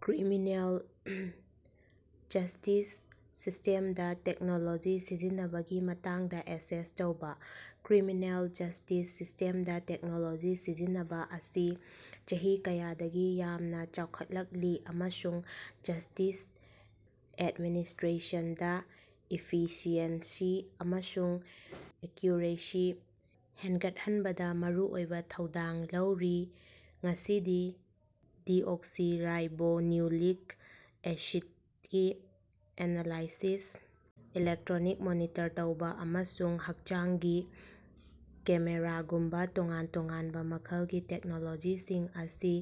Criminal justice ꯁꯤꯁ꯭ꯇꯦꯝꯗ technology ꯁꯤꯖꯤꯟꯅꯕꯒꯤ ꯃꯇꯥꯡꯗ access ꯇꯧꯕ꯫ ꯀ꯭ꯔꯤꯃꯤꯅꯦꯜ ꯖꯁ꯭ꯇꯤꯁ ꯁꯤꯁ꯭ꯇꯦꯝꯗ ꯇꯦꯛꯅꯣꯂꯣꯖꯤ ꯁꯤꯖꯤꯟꯅꯕ ꯑꯁꯤ ꯆꯍꯤ ꯀꯌꯥꯗꯒꯤ ꯌꯥꯝꯅ ꯆꯥꯎꯈꯠꯂꯛꯂꯤ ꯑꯃꯁꯨꯡ ꯖꯁ꯭ꯇꯤꯁ ꯑꯦꯗꯃꯤꯅꯤꯁꯇ꯭ꯔꯦꯁꯟꯗ ꯏꯐꯤꯁꯤꯑꯦꯟꯁꯤ ꯑꯃꯁꯨꯡ ꯑꯦꯛꯌꯨꯔꯦꯁꯤ ꯍꯦꯟꯒꯠꯍꯟꯕꯗ ꯃꯔꯨꯑꯣꯏꯕ ꯊꯧꯗꯥꯡ ꯂꯧꯔꯤ꯫ ꯉꯁꯤꯗꯤ ꯗꯤꯑꯣꯛꯁꯤꯔꯥꯏꯕꯣꯅ꯭ꯌꯨꯛꯂꯤꯛ ꯑꯦꯁꯤꯗ ꯒꯤ ꯑꯦꯅꯥꯂꯥꯏꯁꯤꯁ, ꯏꯂꯦꯛꯇꯔꯣꯅꯤꯛ ꯃꯣꯅꯤꯇꯔ ꯇꯧꯕ ꯑꯃꯁꯨꯡ ꯍꯛꯆꯥꯡꯒꯤ ꯀꯦꯃꯦꯔꯥꯒꯨꯝꯕꯥ ꯇꯣꯉꯥꯟ ꯇꯣꯉꯥꯟꯕ ꯃꯈꯜꯒꯤ ꯇꯦꯛꯅꯣꯂꯣꯖꯤꯁꯤꯡ ꯑꯁꯤ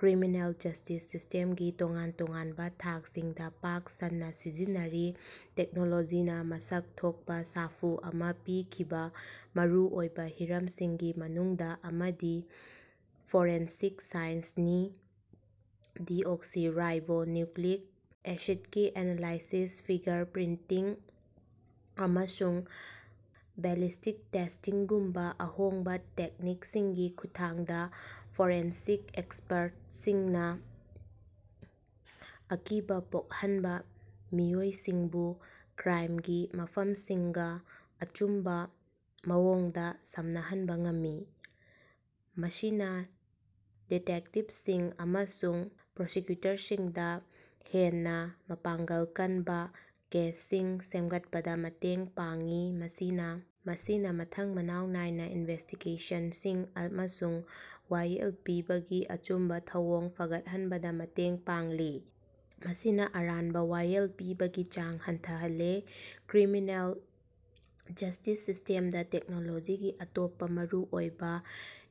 ꯀ꯭ꯔꯤꯃꯤꯅꯦꯜ ꯖꯁ꯭ꯇꯤꯁ ꯁꯤꯁ꯭ꯇꯦꯝꯒꯤ ꯇꯣꯉꯥꯟ ꯇꯣꯉꯥꯟꯕ ꯊꯥꯛꯁꯤꯡꯗ ꯄꯥꯛ ꯁꯟꯅ ꯁꯤꯖꯤꯟꯅꯔꯤ꯫ ꯇꯦꯛꯅꯣꯂꯣꯖꯤꯅ ꯃꯁꯛ ꯊꯣꯛꯄ ꯁꯥꯐꯨ ꯑꯃ ꯄꯤꯈꯤꯕ ꯃꯔꯨ ꯑꯣꯏꯕ ꯍꯤꯔꯝꯁꯤꯡꯒꯤ ꯃꯅꯨꯡꯗ ꯑꯃꯗꯤ ꯐꯣꯔꯦꯟꯁꯤꯛ ꯁꯥꯏꯟꯁꯅꯤ꯫ꯗꯤꯑꯣꯛꯁꯤꯔꯥꯏꯕꯣꯅ꯭ꯌꯨꯛꯂꯤꯛ ꯑꯦꯁꯤꯗꯒꯤ ꯑꯦꯅꯥꯂꯥꯏꯁꯤꯁ, ꯐꯤꯒꯔ ꯄ꯭ꯔꯤꯟꯇꯤꯡ, ꯑꯃꯁꯨꯡ ꯕꯦꯂꯤꯁ꯭ꯇꯤꯛ ꯇꯦꯁ꯭ꯇꯤꯡꯒꯨꯝꯕ ꯑꯍꯣꯡꯕ ꯇꯦꯛꯅꯤꯛꯁꯤꯡꯒꯤ ꯈꯨꯠꯊꯥꯡꯗ ꯐꯣꯔꯦꯟꯁꯤꯛ ꯑꯦꯛꯁꯄꯔꯇꯁꯤꯡꯅ ꯑꯀꯤꯕ ꯄꯣꯛꯍꯟꯕ ꯃꯤꯑꯣꯏꯁꯤꯡꯕꯨ ꯀ꯭ꯔꯥꯏꯃꯒꯤ ꯃꯐꯝꯁꯤꯡꯒ ꯑꯆꯨꯝꯕ ꯃꯑꯣꯡꯗ ꯁꯝꯅꯍꯟꯕ ꯉꯝꯃꯤ꯫ ꯃꯁꯤꯅ ꯗꯤꯇꯦꯛꯇꯤꯚꯁꯤꯡ ꯑꯃꯁꯨꯡ ꯄ꯭ꯔꯣꯁꯤꯛꯀ꯭ꯌꯨꯇꯔꯁꯤꯡꯗ ꯍꯦꯟꯅ ꯃꯄꯥꯡꯒꯜ ꯀꯟꯕ ꯀꯦꯁꯁꯤꯡ ꯁꯦꯝꯒꯠꯄꯗ ꯃꯇꯦꯡ ꯄꯥꯡꯏ꯫ ꯃꯁꯤꯅ ꯃꯁꯤꯅ ꯃꯊꯪ ꯃꯅꯥꯎ ꯅꯥꯏꯅ ꯏꯟꯚꯦꯁ꯭ꯇꯤꯒꯦꯁꯟꯁꯤꯡ ꯑꯃꯁꯨꯡ ꯋꯥꯌꯦꯜ ꯄꯤꯕꯒꯤ ꯑꯆꯨꯝꯕ ꯊꯧꯑꯣꯡ ꯐꯒꯠꯍꯟꯕꯗ ꯃꯇꯦꯡ ꯄꯥꯡꯂꯤ꯫ ꯃꯁꯤꯅ ꯑꯔꯥꯟꯕ ꯋꯥꯌꯦꯜ ꯄꯤꯕꯒꯤ ꯆꯥꯡ ꯍꯟꯊꯍꯜꯂꯦ꯫ ꯀ꯭ꯔꯤꯃꯤꯅꯦꯜ ꯖꯁ꯭ꯇꯤꯁ ꯁꯤꯁ꯭ꯇꯦꯝꯗ ꯇꯦꯛꯅꯣꯂꯣꯖꯤꯒꯤ ꯑꯇꯣꯞꯄ ꯃꯔꯨꯑꯣꯏꯕ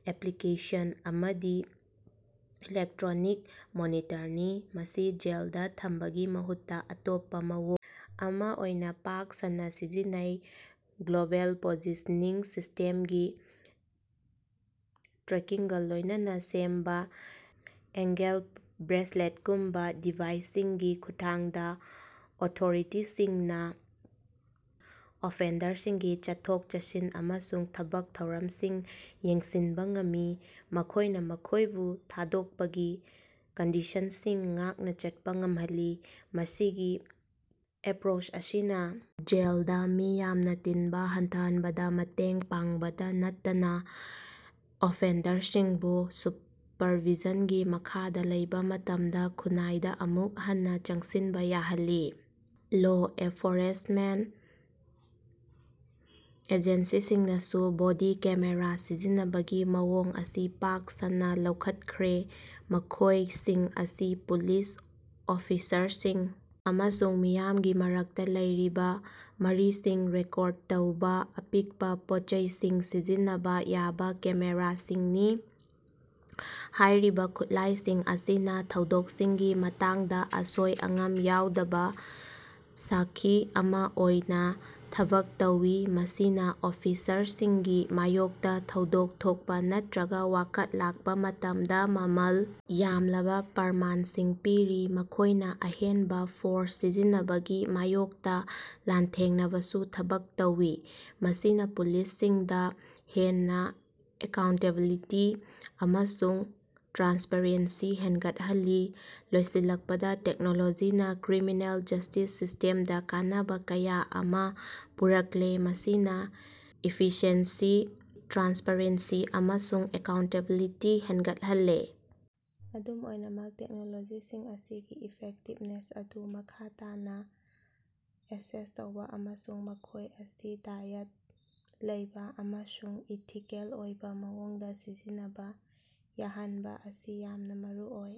ꯑꯦꯞꯂꯤꯀꯦꯁꯟ ꯑꯃꯗꯤ ꯏꯂꯦꯛꯇꯔꯣꯅꯤꯛ ꯃꯣꯅꯤꯇꯔꯅꯤ꯫ꯃꯁꯤ ꯖꯦꯜꯗ ꯊꯝꯕꯒꯤ ꯃꯍꯨꯠꯇ ꯑꯇꯣꯞꯄ ꯃꯑꯣꯡ ꯑꯃ ꯑꯣꯏꯅ ꯄꯥꯛ ꯁꯟꯅ ꯁꯤꯖꯤꯟꯅꯩ꯫ ꯒ꯭ꯂꯣꯕꯦꯜ ꯄꯣꯖꯤꯁꯅꯤꯡ ꯁꯤꯁ꯭ꯇꯦꯝꯀꯤ ꯇ꯭ꯔꯦꯀꯤꯡꯒ ꯂꯣꯏꯅꯅ ꯁꯦꯝꯕ ꯑꯦꯟꯀꯦꯜ ꯕ꯭ꯔꯦꯁꯂꯦꯠꯒꯨꯝꯕ ꯗꯤꯚꯥꯏꯁꯁꯤꯡꯒꯤ ꯈꯨꯠꯊꯥꯡꯗ ꯑꯣꯊꯣꯔꯤꯇꯤꯁꯤꯡꯅ ꯑꯣꯐꯦꯟꯗꯔꯁꯤꯡꯒꯤ ꯆꯠꯊꯣꯛ-ꯆꯠꯁꯤꯟ ꯑꯃꯁꯨꯡ ꯊꯕꯛ ꯊꯧꯔꯝꯁꯤꯡ ꯌꯦꯡꯁꯤꯟꯕ ꯉꯝꯃꯤ꯫ ꯃꯈꯣꯏꯅ ꯃꯈꯣꯏꯕꯨ ꯊꯥꯗꯣꯛꯄꯒꯤ ꯀꯟꯗꯤꯁꯟꯁꯤꯡ ꯉꯥꯛꯅ ꯆꯠꯄ ꯉꯝꯍꯜꯂꯤ꯫ ꯃꯁꯤꯒꯤ ꯑꯦꯄꯔꯣꯁ ꯑꯁꯤꯅꯥ, ꯖꯦꯜꯗ ꯃꯤ ꯌꯥꯝꯅ ꯇꯤꯟꯕ ꯍꯟꯊꯍꯟꯕꯗ ꯃꯇꯦꯡ ꯄꯥꯡꯕꯇ ꯅꯠꯇꯅ ꯑꯣꯐꯦꯟꯗꯔꯁꯤꯡꯕꯨ ꯁꯨꯄꯔꯚꯤꯖꯟꯒꯤ ꯃꯈꯥꯗ ꯂꯩꯕ ꯃꯇꯝꯗ ꯈꯨꯟꯅꯥꯏꯗ ꯑꯃꯨꯛ ꯍꯟꯅꯥ ꯆꯪꯁꯤꯟꯕ ꯌꯥꯍꯜꯂꯤ꯫ ꯂꯣ ꯑꯦꯐꯣꯔꯁꯃꯦꯟꯇ ꯑꯦꯖꯦꯟꯁꯤꯁꯤꯡꯅꯁꯨ ꯕꯣꯗꯤ ꯀꯦꯃꯦꯔꯥ ꯁꯤꯖꯤꯟꯅꯕꯒꯤ ꯃꯑꯣꯡ ꯑꯁꯤ ꯄꯥꯛ ꯁꯟꯅ ꯂꯧꯈꯠꯈ꯭ꯔꯦ꯫ ꯃꯈꯣꯏꯁꯤꯡ ꯑꯁꯤ ꯄꯨꯂꯤꯁ ꯑꯣꯐꯤꯁꯔꯁꯤꯡ ꯑꯃꯁꯨꯡ ꯃꯤꯌꯥꯝꯒꯤ ꯃꯔꯛꯇ ꯂꯩꯔꯤꯕ ꯃꯔꯤꯁꯤꯡ ꯔꯦꯀꯣꯔꯗ ꯇꯧꯕ ꯑꯄꯤꯛꯄ ꯄꯣꯠꯆꯩꯁꯤꯡ ꯁꯤꯖꯤꯟꯅꯕ ꯌꯥꯕ ꯀꯦꯃꯦꯔꯥꯁꯤꯡꯅꯤ꯫ ꯍꯥꯏꯔꯤꯕ ꯈꯨꯠꯂꯥꯏꯁꯤꯡ ꯑꯁꯤꯅ ꯊꯧꯗꯣꯛꯁꯤꯡꯒꯤ ꯃꯇꯥꯡꯗ ꯑꯁꯣꯏ-ꯑꯉꯥꯝ ꯌꯥꯎꯗꯕ ꯁꯥꯛꯁꯤ ꯑꯃ ꯑꯣꯏꯅ ꯊꯕꯛ ꯇꯧꯏ꯫ꯃꯁꯤꯅ ꯑꯣꯐꯤꯁꯔꯁꯤꯡꯒꯤ ꯃꯥꯌꯣꯛꯇ ꯊꯧꯗꯣꯛ ꯊꯣꯛꯄ ꯅꯠꯇꯔꯒ ꯋꯥꯀꯠ ꯂꯥꯛꯄ ꯃꯇꯝꯗ ꯃꯃꯜ ꯌꯥꯝꯂꯕ ꯄ꯭ꯔꯃꯥꯟꯁꯤꯡ ꯄꯤꯔꯤ꯫ ꯃꯈꯣꯏꯅ ꯑꯍꯦꯟꯕ ꯐꯣꯔꯁ ꯁꯤꯖꯤꯟꯅꯕꯒꯤ ꯃꯥꯌꯣꯛꯇ ꯂꯥꯟꯊꯦꯡꯅꯕꯁꯨ ꯊꯕꯛ ꯇꯧꯏ꯫ꯃꯁꯤꯅ ꯄꯨꯂꯤꯁ ꯁꯤꯡꯗ ꯍꯦꯟꯅ ꯑꯦꯀꯥꯎꯟꯇꯦꯕꯤꯂꯤꯇꯤ ꯑꯃꯁꯨꯡ ꯇ꯭ꯔꯥꯟꯁꯄꯔꯦꯟꯁꯤ ꯍꯦꯟꯒꯠꯍꯜꯂꯤ꯫ ꯂꯣꯏꯁꯤꯜꯂꯛꯄꯗ ꯇꯦꯛꯅꯣꯂꯣꯖꯤꯅꯥ ꯀ꯭ꯔꯤꯃꯤꯅꯦꯜ ꯖꯁ꯭ꯇꯤꯁ ꯁꯤꯁ꯭ꯇꯦꯝꯗ ꯀꯥꯟꯅꯕ ꯀꯌꯥ ꯑꯃ ꯄꯨꯔꯛꯂꯦ ꯃꯁꯤꯅ ꯏꯐꯤꯁꯤꯑꯦꯟꯁꯤ, ꯇ꯭ꯔꯥꯟꯁꯄꯔꯦꯟꯁꯤ ꯑꯃꯁꯨꯡ ꯑꯦꯀꯥꯎꯟꯇꯦꯕꯤꯂꯤꯇꯤ ꯍꯦꯟꯒꯠꯍꯜꯂꯦ꯫ ꯑꯗꯨꯝ ꯑꯣꯏꯅꯃꯛ, ꯇꯦꯛꯅꯣꯂꯣꯖꯤꯁꯤꯡ ꯑꯁꯤꯒꯤ ꯏꯐꯦꯛꯇꯤꯚꯅꯦꯁ ꯑꯗꯨ ꯃꯈꯥ ꯇꯥꯅꯥ ꯑꯦꯁꯦꯁ ꯇꯧꯕ ꯑꯃꯁꯨꯡ ꯃꯈꯣꯏ ꯑꯁꯤ ꯗꯥꯌꯠꯕ ꯂꯩꯕ ꯑꯃꯁꯨꯡ ꯏꯊꯤꯀꯦꯜ ꯑꯣꯏꯕ ꯃꯑꯣꯡꯗ ꯁꯤꯖꯤꯟꯅꯕ ꯌꯥꯍꯟꯕ ꯑꯁꯤ ꯌꯥꯝꯅ ꯃꯔꯨꯑꯣꯏ꯫